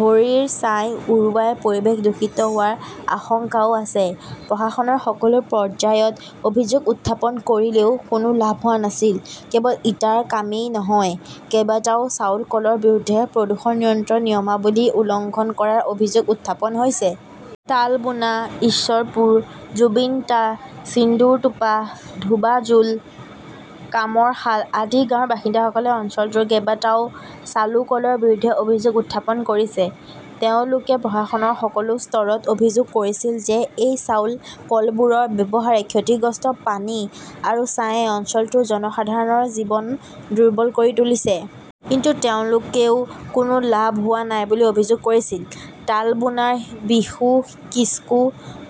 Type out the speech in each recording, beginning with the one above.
ভৰিৰ ছাই উৰুৱাই পৰিৱেশ দূষিত হোৱাৰ আশংকাও আছে। প্ৰশাসনৰ সকলো পৰ্যায়ত অভিযোগ উত্থাপন কৰিলেও কোনো লাভ হোৱা নাছিল। কেৱল ইটাৰ কামেই নহয়, কেইবাটাও চাউল কলৰ বিৰুদ্ধে প্ৰদূষণ নিয়ন্ত্ৰণ নিয়মাৱলী উলংঘন কৰাৰ অভিযোগ উত্থাপন হৈছে। তালবোনা, ঈশ্বৰপুৰ, জুৱিন্টা, ছিন্দুৰটোপা, ধোবাজোল, কামৰশাল আদি গাঁৱৰ বাসিন্দাসকলে অঞ্চলটোৰ কেইবাটাও চালু কলৰ বিৰুদ্ধে অভিযোগ উত্থাপন কৰিছে। তেওঁলোকে প্ৰশাসনৰ সকলো স্তৰত অভিযোগ কৰিছিল যে এই চাউল কলবোৰৰ ব্যৱহাৰে ক্ষতিগ্ৰস্ত পানী আৰু ছাইয়ে অঞ্চলটোৰ জনসাধাৰণৰ জীৱন দুৰ্বল কৰি তুলিছে। কিন্তু তেওঁলোকেও কোনো লাভ হোৱা নাই বুলি অভিযোগ কৰিছিল। তালবোনাৰ বিশু কিস্কু,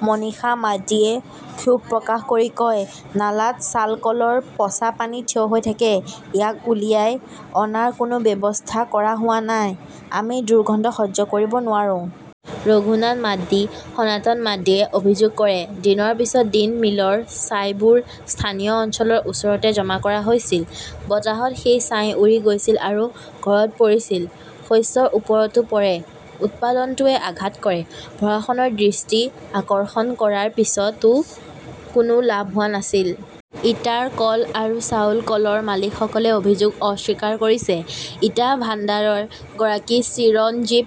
মনীষা মাড্ডীয়ে ক্ষোভ প্ৰকাশ কৰি কয়, নালাত চালকলৰ পচা পানী থিয় হৈ থাকে। ইয়াক উলিয়াই অনাৰ কোনো ব্যৱস্থা কৰা হোৱা নাই। আমি দুৰ্গন্ধ সহ্য কৰিব নোৱাৰোঁ। ৰঘুনাথ মাড্ডী, সনাতন মাড্ডীয়ে অভিযোগ কৰে, দিনৰ পিছত দিন মিলৰ ছাইবোৰ স্থানীয় অঞ্চলৰ ওচৰতে জমা কৰা হৈছিল। বতাহত সেই ছাই উৰি গৈছিল আৰু ঘৰত পৰিছিল। শস্যৰ ওপৰতো পৰে। উৎপাদনটোৱে আঘাত কৰে। প্ৰশাসনৰ দৃষ্টি আকৰ্ষণ কৰাৰ পিছতো কোনো লাভ হোৱা নাছিল। ইটাৰ কল আৰু চাউল কলৰ মালিকসকলে অভিযোগ অস্বীকাৰ কৰিছে। ইটা ভাণ্ডাৰৰ গৰাকী চিৰঞ্জীৱ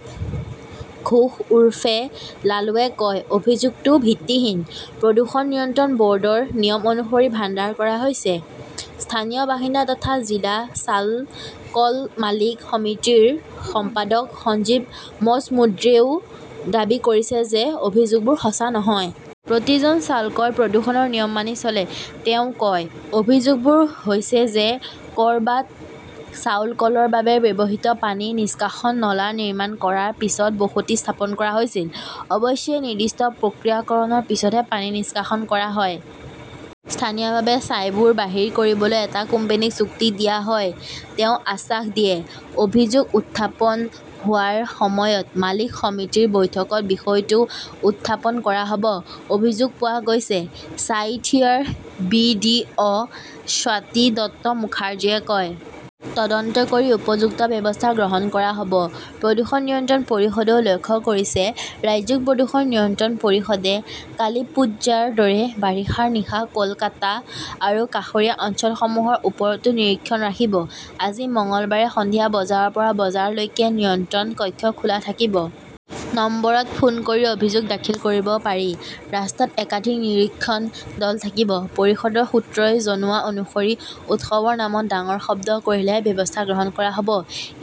ঘোষ উৰফে লালুৱে কয়, অভিযোগটো ভিত্তিহীন। প্ৰদূষণ নিয়ন্ত্ৰণ বৰ্ডৰ নিয়ম অনুসৰি ভাণ্ডাৰ কৰা হৈছে। স্থানীয় বাসিন্দা তথা জিলা চালকল মালিক সমিতিৰ সম্পাদক সঞ্জীৱ মজমুদ্ৰেও দাবী কৰিছে যে অভিযোগবোৰ সঁচা নহয়। প্ৰতিজন চালকই প্ৰদূষণৰ নিয়ম মানি চলে। তেওঁ কয়, অভিযোগবোৰ হৈছে যে কৰবাত চাউল কলৰ বাবে ব্যৱহৃত পানী নিষ্কাশন নলা নিৰ্মাণ কৰাৰ পিছত বসতি স্থাপন কৰা হৈছিল। অৱশ্যে, নিৰ্দিষ্ট প্ৰক্ৰিয়াকৰণৰ পিছতহে পানী নিষ্কাশন কৰা হয়। স্থানীয়ভাৱে ছাইবোৰ বাহিৰ কৰিবলৈ এটা কোম্পানীক চুক্তি দিয়া হয়। তেওঁ আশ্বাস দিয়ে, অভিযোগ উত্থাপন হোৱাৰ সময়ত মালিক সমিতিৰ বৈঠকত বিষয়টো উত্থাপন কৰা হব। অভিযোগ পোৱা গৈছে, ছাইথিয়াৰ B. D. O. Swati Dutta মুখাৰ্জীয়ে কয়। তদন্ত কৰি উপযুক্ত ব্যৱস্থা গ্ৰহণ কৰা হব। প্ৰদূষণ নিয়ন্ত্ৰণ পৰিষদেও লক্ষ্য কৰিছে ৰাজ্যিক প্ৰদূষণ নিয়ন্ত্ৰণ পৰিষদে কালিপ্পুঝাৰ দৰে বাৰিষাৰ নিশা কলকাতা আৰু কাষৰীয়া অঞ্চলসমূহৰ ওপৰতো নিৰীক্ষণ ৰাখিব। আজি মঙলবাৰে সন্ধিয়া বজাৰ পৰা বজালৈকে নিয়ন্ত্ৰণ কক্ষ খোলা থাকিব। নম্বৰত ফোন কৰি অভিযোগ দাখিল কৰিব পাৰি। ৰাস্তাত একাধিক নিৰীক্ষণ দল থাকিব। পৰিষদৰ সূত্ৰই জনোৱা অনুসৰি উৎসৱৰ নামত ডাঙৰ শব্দ কৰিলেহে ব্যৱস্থা গ্ৰহণ কৰা হব।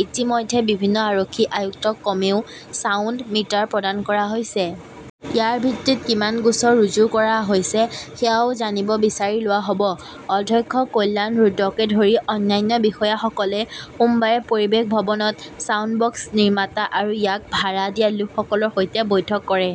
ইতিমধ্যে বিভিন্ন আৰক্ষী আয়ুক্তক কমেও ছাউণ্ড মিটাৰ প্ৰদান কৰা হৈছে। ইয়াৰ ভিত্তিত কিমান গোচৰ ৰুজু কৰা হৈছে সেয়াও জানিব বিচাৰি লোৱা হব। অধ্যক্ষ কল্যাণ ৰুদ্ৰকে ধৰি অন্যান্য বিষয়াসকলে সোমবাৰে পৰিৱেশ ভৱনত ছাউণ্ড বক্স নিৰ্মাতা আৰু ইয়াক ভাড়া দিয়া লোকসকলৰ সৈতে বৈঠক কৰে।